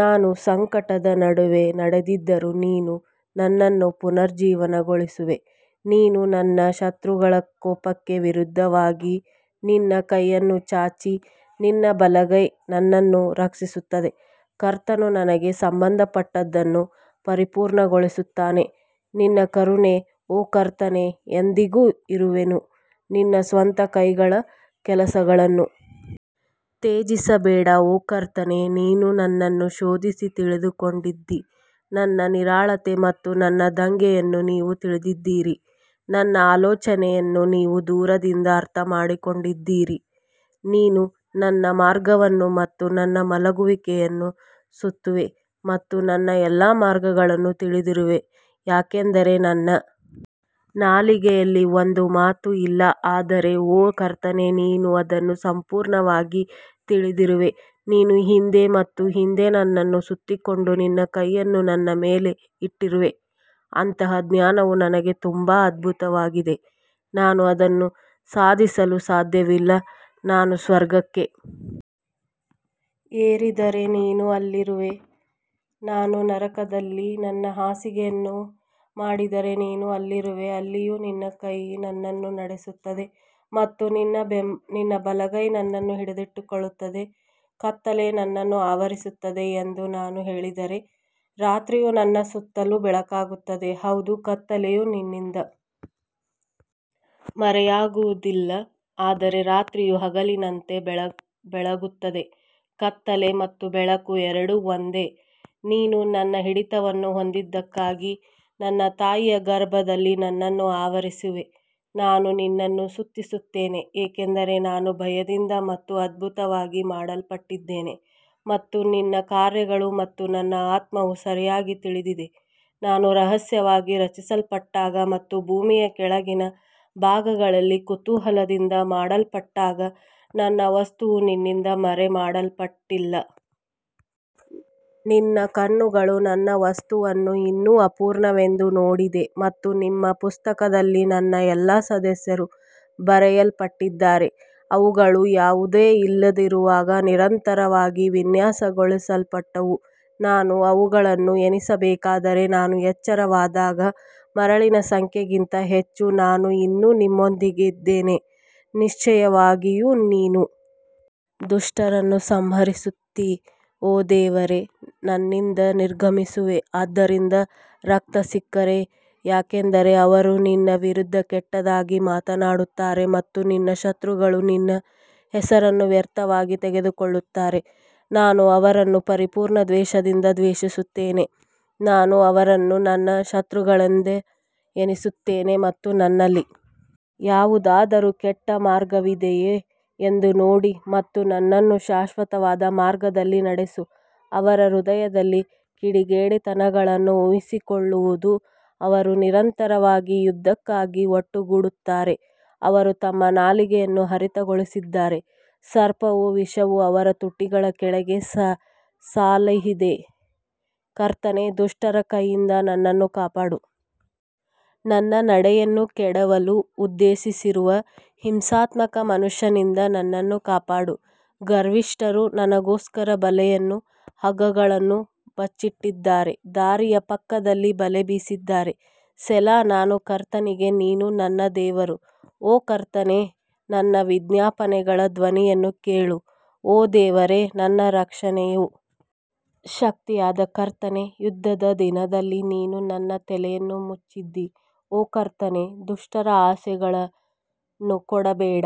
ನಾನು ಸಂಕಟದ ನಡುವೆ ನಡೆದರೂ ನೀನು ನನ್ನನ್ನು ಪುನರುಜ್ಜೀವನಗೊಳಿಸುವೆ ನೀನು ನನ್ನ ಶತ್ರುಗಳ ಕೋಪಕ್ಕೆ ವಿರುದ್ಧವಾಗಿ ನಿನ್ನ ಕೈಯನ್ನು ಚಾಚಿ ನಿನ್ನ ಬಲಗೈ ನನ್ನನ್ನು ರಕ್ಷಿಸುತ್ತದೆ ಕರ್ತನು ನನಗೆ ಸಂಬಂಧಪಟ್ಟದ್ದನ್ನು ಪರಿಪೂರ್ಣಗೊಳಿಸುತ್ತಾನೆ ನಿನ್ನ ಕರುಣೆ ಓ ಕರ್ತನೇ ಎಂದೆಂದಿಗೂ ಇರುವನು ನಿನ್ನ ಸ್ವಂತ ಕೈಗಳ ಕೆಲಸಗಳನ್ನು ತ್ಯಜಿಸಬೇಡ ಓ ಕರ್ತನೇ ನೀನು ನನ್ನನ್ನು ಶೋಧಿಸಿ ತಿಳಿದುಕೊಂಡಿದ್ದೀ ನನ್ನ ನಿರಾಳತೆ ಮತ್ತು ನನ್ನ ದಂಗೆಯನ್ನು ನೀವು ತಿಳಿದಿದ್ದೀರಿ, ನನ್ನ ಆಲೋಚನೆಯನ್ನು ನೀವು ದೂರದಿಂದ ಅರ್ಥಮಾಡಿಕೊಂಡಿದ್ದೀರಿ ನೀನು ನನ್ನ ಮಾರ್ಗವನ್ನು ಮತ್ತು ನನ್ನ ಮಲಗುವಿಕೆಯನ್ನು ಸುತ್ತುವೆ ಮತ್ತು ನನ್ನ ಎಲ್ಲಾ ಮಾರ್ಗಗಳನ್ನು ತಿಳಿದಿರುವೆ ಯಾಕಂದರೆ ನನ್ನ ನಾಲಿಗೆಯಲ್ಲಿ ಒಂದು ಮಾತು ಇಲ್ಲ ಆದರೆ ಓ ಕರ್ತನೇ ನೀನು ಅದನ್ನು ಸಂಪೂರ್ಣವಾಗಿ ತಿಳಿದಿರುವೆ ನೀನು ಹಿಂದೆ ಮತ್ತು ಹಿಂದೆ ನನ್ನನ್ನು ಸುತ್ತಿಕೊಂಡು ನಿನ್ನ ಕೈಯನ್ನು ನನ್ನ ಮೇಲೆ ಇಟ್ಟಿರುವೆ ಅಂತಹ ಜ್ಞಾನವು ನನಗೆ ತುಂಬಾ ಅದ್ಭುತವಾಗಿದೆ, ನಾನು ಅದನ್ನು ಸಾಧಿಸಲು ಸಾಧ್ಯವಿಲ್ಲ ನಾನು ಸ್ವರ್ಗಕ್ಕೆ ಏರಿದರೆ ನೀನು ಅಲ್ಲಿರುವೆ ನಾನು ನರಕದಲ್ಲಿ ನನ್ನ ಹಾಸಿಗೆಯನ್ನು ಮಾಡಿದರೆ ನೀನು ಅಲ್ಲಿರುವೆ ಅಲ್ಲಿಯೂ ನಿನ್ನ ಕೈ ನನ್ನನ್ನು ನಡೆಸುತ್ತದೆ ಮತ್ತು ನಿನ್ನ ಬಲಗೈ ನನ್ನನ್ನು ಹಿಡಿದಿಟ್ಟುಕೊಳ್ಳುತ್ತದೆ ಕತ್ತಲೆ ನನ್ನನ್ನು ಆವರಿಸುತ್ತದೆ ಎಂದು ನಾನು ಹೇಳಿದರೆ ರಾತ್ರಿಯೂ ನನ್ನ ಸುತ್ತಲೂ ಬೆಳಕಾಗುತ್ತದೆ ಹೌದು ಕತ್ತಲೆಯು ನಿನ್ನಿಂದ ಮರೆಯಾಗುವುದಿಲ್ಲ ಆದರೆ ರಾತ್ರಿಯು ಹಗಲಿನಂತೆ ಬೆಳಗುತ್ತದೆ ಕತ್ತಲೆ ಮತ್ತು ಬೆಳಕು ಎರಡೂ ಒಂದೇ ನೀನು ನನ್ನ ಹಿಡಿತವನ್ನು ಹೊಂದಿದ್ದಕ್ಕಾಗಿ ನನ್ನ ತಾಯಿಯ ಗರ್ಭದಲ್ಲಿ ನನ್ನನ್ನು ಆವರಿಸಿರುವೆ ನಾನು ನಿನ್ನನ್ನು ಸ್ತುತಿಸುತ್ತೇನೆ ಏಕೆಂದರೆ ನಾನು ಭಯದಿಂದ ಮತ್ತು ಅದ್ಭುತವಾಗಿ ಮಾಡಲ್ಪಟ್ಟಿದ್ದೇನೆ ಮತ್ತು ನಿನ್ನ ಕಾರ್ಯಗಳು ಮತ್ತು ನನ್ನ ಆತ್ಮವು ಸರಿಯಾಗಿ ತಿಳಿದಿದೆ ನಾನು ರಹಸ್ಯವಾಗಿ ರಚಿಸಲ್ಪಟ್ಟಾಗ ಮತ್ತು ಭೂಮಿಯ ಕೆಳಗಿನ ಭಾಗಗಳಲ್ಲಿ ಕುತೂಹಲದಿಂದ ಮಾಡಲ್ಪಟ್ಟಾಗ ನನ್ನ ವಸ್ತುವು ನಿನ್ನಿಂದ ಮರೆಮಾಡಲ್ಪಟ್ಟಿಲ್ಲ. ನಿನ್ನ ಕಣ್ಣುಗಳು ನನ್ನ ವಸ್ತುವನ್ನು ಇನ್ನೂ ಅಪೂರ್ಣವೆಂದು ನೋಡಿದೆ ಮತ್ತು ನಿಮ್ಮ ಪುಸ್ತಕದಲ್ಲಿ ನನ್ನ ಎಲ್ಲಾ ಸದಸ್ಯರು ಬರೆಯಲ್ಪಟ್ಟಿದ್ದಾರೆ, ಅವುಗಳು ಯಾವುದೂ ಇಲ್ಲದಿರುವಾಗ ನಿರಂತರವಾಗಿ ವಿನ್ಯಾಸಗೊಳಿಸಲ್ಪಟ್ಟವು. ನಾನು ಅವುಗಳನ್ನು ಎಣಿಸಬೇಕಾದರೆ, ನಾನು ಎಚ್ಚರವಾದಾಗ ಮರಳಿನ ಸಂಖ್ಯೆಗಿಂತ ಹೆಚ್ಚು, ನಾನು ಇನ್ನೂ ನಿಮ್ಮೊಂದಿಗೆ ಇದ್ದೇನೆ ನಿಶ್ಚಯವಾಗಿಯೂ ನೀನು ದುಷ್ಟರನ್ನು ಸಂಹರಿಸುತ್ತೀ ಓ ದೇವರೇ ನನ್ನಿಂದ ನಿರ್ಗಮಿಸುವೆ ಆದ್ದರಿಂದ ರಕ್ತಸಿಕ್ತರೇ ಯಾಕಂದರೆ ಅವರು ನಿನ್ನ ವಿರುದ್ಧ ಕೆಟ್ಟದಾಗಿ ಮಾತನಾಡುತ್ತಾರೆ ಮತ್ತು ನಿನ್ನ ಶತ್ರುಗಳು ನಿನ್ನ ಹೆಸರನ್ನು ವ್ಯರ್ಥವಾಗಿ ತೆಗೆದುಕೊಳ್ಳುತ್ತಾರೆ ನಾನು ಅವರನ್ನು ಪರಿಪೂರ್ಣ ದ್ವೇಷದಿಂದ ದ್ವೇಷಿಸುತ್ತೇನೆ ನಾನು ಅವರನ್ನು ನನ್ನ ಶತ್ರುಗಳೆಂದು ಎಣಿಸುತ್ತೇನೆ ಮತ್ತು ನನ್ನಲ್ಲಿ ಯಾವುದಾದರೂ ಕೆಟ್ಟ ಮಾರ್ಗವಿದೆಯೇ ಎಂದು ನೋಡಿ ಮತ್ತು ನನ್ನನ್ನು ಶಾಶ್ವತವಾದ ಮಾರ್ಗದಲ್ಲಿ ನಡೆಸು ಅವರ ಹೃದಯದಲ್ಲಿ ಕಿಡಿಗೇಡಿತನಗಳನ್ನು ಊಹಿಸಿಕೊಳ್ಳುವುದು ಅವರು ನಿರಂತರವಾಗಿ ಯುದ್ಧಕ್ಕಾಗಿ ಒಟ್ಟುಗೂಡುತ್ತಾರೆ ಅವರು ತಮ್ಮ ನಾಲಿಗೆಯನ್ನು ಹರಿತಗೊಳಿಸಿದ್ದಾರೆ ಸರ್ಪವು ವಿಷವು ಅವರ ತುಟಿಗಳ ಕೆಳಗೆ ಸೆಲಾಹಿದೆ ಕರ್ತನೇ, ದುಷ್ಟರ ಕೈಯಿಂದ ನನ್ನನ್ನು ಕಾಪಾಡು, ನನ್ನ ನಡೆಯನ್ನು ಕೆಡವಲು ಉದ್ದೇಶಿಸಿರುವ ಹಿಂಸಾತ್ಮಕ ಮನುಷ್ಯನಿಂದ ನನ್ನನ್ನು ಕಾಪಾಡು ಗರ್ವಿಷ್ಠರು ನನಗೋಸ್ಕರ ಬಲೆಯನ್ನೂ ಹಗ್ಗಗಳನ್ನೂ ಬಚ್ಚಿಟ್ಟಿದ್ದಾರೆ ದಾರಿಯ ಪಕ್ಕದಲ್ಲಿ ಬಲೆ ಬೀಸಿದ್ದಾರೆ ಸೆಲಾ ನಾನು ಕರ್ತನಿಗೆ ನೀನು ನನ್ನ ದೇವರು, ಓ ಕರ್ತನೇ ನನ್ನ ವಿಜ್ಞಾಪನೆಗಳ ಧ್ವನಿಯನ್ನು ಕೇಳು ಓ ದೇವರೇ, ನನ್ನ ರಕ್ಷಣೆಯ ಶಕ್ತಿಯಾದ ಕರ್ತನೇ, ಯುದ್ಧದ ದಿನದಲ್ಲಿ ನೀನು ನನ್ನ ತಲೆಯನ್ನು ಮುಚ್ಚಿದ್ದೀ ಓ ಕರ್ತನೇ ದುಷ್ಟರ ಆಸೆಗಳನ್ನು ಕೊಡಬೇಡ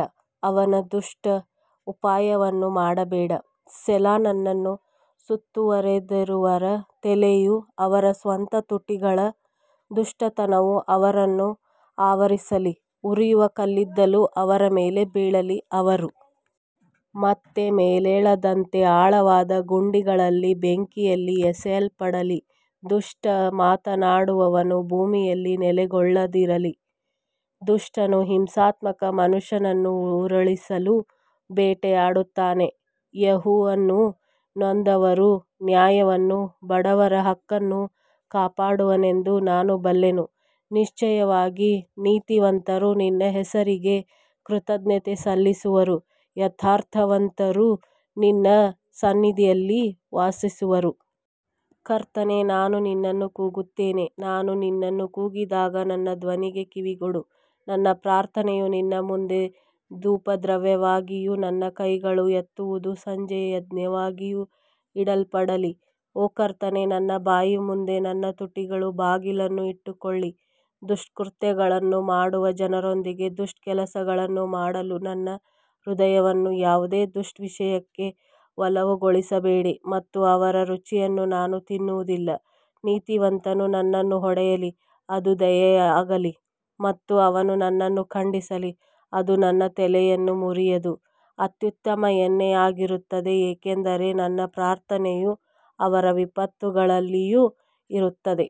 ಅವನ ದುಷ್ಟ ಉಪಾಯವನ್ನು ಮಾಡಬೇಡ ಸೆಲಾ ನನ್ನನ್ನು ಸುತ್ತುವರಿದವರ ತಲೆಯು ಅವರ ಸ್ವಂತ ತುಟಿಗಳ ದುಷ್ಟತನವು ಅವರನ್ನು ಆವರಿಸಲಿ ಉರಿಯುವ ಕಲ್ಲಿದ್ದಲು ಅವರ ಮೇಲೆ ಬೀಳಲಿ, ಅವರು ಮತ್ತೆ ಮೇಲೇಳದಂತೆ ಆಳವಾದ ಗುಂಡಿಗಳಲ್ಲಿ ಬೆಂಕಿಯಲ್ಲಿ ಎಸೆಯಲ್ಪಡಲಿ ದುಷ್ಟ ಮಾತನಾಡುವವನು ಭೂಮಿಯಲ್ಲಿ ನೆಲೆಗೊಳ್ಳದಿರಲಿ, ದುಷ್ಟನು ಹಿಂಸಾತ್ಮಕ ಮನುಷ್ಯನನ್ನು ಉರುಳಿಸಲು ಬೇಟೆಯಾಡುತ್ತಾನೆ ಯೆಹೋವನು ನೊಂದವರ ನ್ಯಾಯವನ್ನೂ ಬಡವರ ಹಕ್ಕನ್ನೂ ಕಾಪಾಡುವನೆಂದು ನಾನು ಬಲ್ಲೆನು ನಿಶ್ಚಯವಾಗಿ ನೀತಿವಂತರು ನಿನ್ನ ಹೆಸರಿಗೆ ಕೃತಜ್ಞತೆ ಸಲ್ಲಿಸುವರು ಯಥಾರ್ಥವಂತರು ನಿನ್ನ ಸನ್ನಿಧಿಯಲ್ಲಿ ವಾಸಿಸುವರು ಕರ್ತನೇ, ನಾನು ನಿನ್ನನ್ನು ಕೂಗುತ್ತೇನೆ, ನಾನು ನಿನ್ನನ್ನು ಕೂಗಿದಾಗ ನನ್ನ ಧ್ವನಿಗೆ ಕಿವಿಗೊಡು ನನ್ನ ಪ್ರಾರ್ಥನೆಯು ನಿನ್ನ ಮುಂದೆ ಧೂಪದ್ರವ್ಯವಾಗಿಯೂ ನನ್ನ ಕೈಗಳನ್ನು ಎತ್ತುವುದು ಸಂಜೆಯ ಯಜ್ಞವಾಗಿಯೂ ಇಡಲ್ಪಡಲಿ ಓ ಕರ್ತನೇ, ನನ್ನ ಬಾಯಿಯ ಮುಂದೆ ನನ್ನ ತುಟಿಗಳ ಬಾಗಿಲನ್ನು ಇಟ್ಟುಕೊಳ್ಳಿ ದುಷ್ಕೃತ್ಯಗಳನ್ನು ಮಾಡುವ ಜನರೊಂದಿಗೆ ದುಷ್ಟ ಕೆಲಸಗಳನ್ನು ಮಾಡಲು ನನ್ನ ಹೃದಯವನ್ನು ಯಾವುದೇ ದುಷ್ಟ ವಿಷಯಕ್ಕೆ ಒಲವುಗೊಳಿಸಬೇಡಿ ಮತ್ತು ಅವರ ರುಚಿಯನ್ನು ನಾನು ತಿನ್ನುವುದಿಲ್ಲ ನೀತಿವಂತನು ನನ್ನನ್ನು ಹೊಡೆಯಲಿ ಅದು ದಯೆಯಾಗಲಿ ಮತ್ತು ಅವನು ನನ್ನನ್ನು ಖಂಡಿಸಲಿ ಅದು ನನ್ನ ತಲೆಯನ್ನು ಮುರಿಯದ ಅತ್ಯುತ್ತಮ ಎಣ್ಣೆಯಾಗಿರುತ್ತದೆ ಏಕೆಂದರೆ ನನ್ನ ಪ್ರಾರ್ಥನೆಯು ಅವರ ವಿಪತ್ತುಗಳಲ್ಲಿಯೂ ಇರುತ್ತದೆ.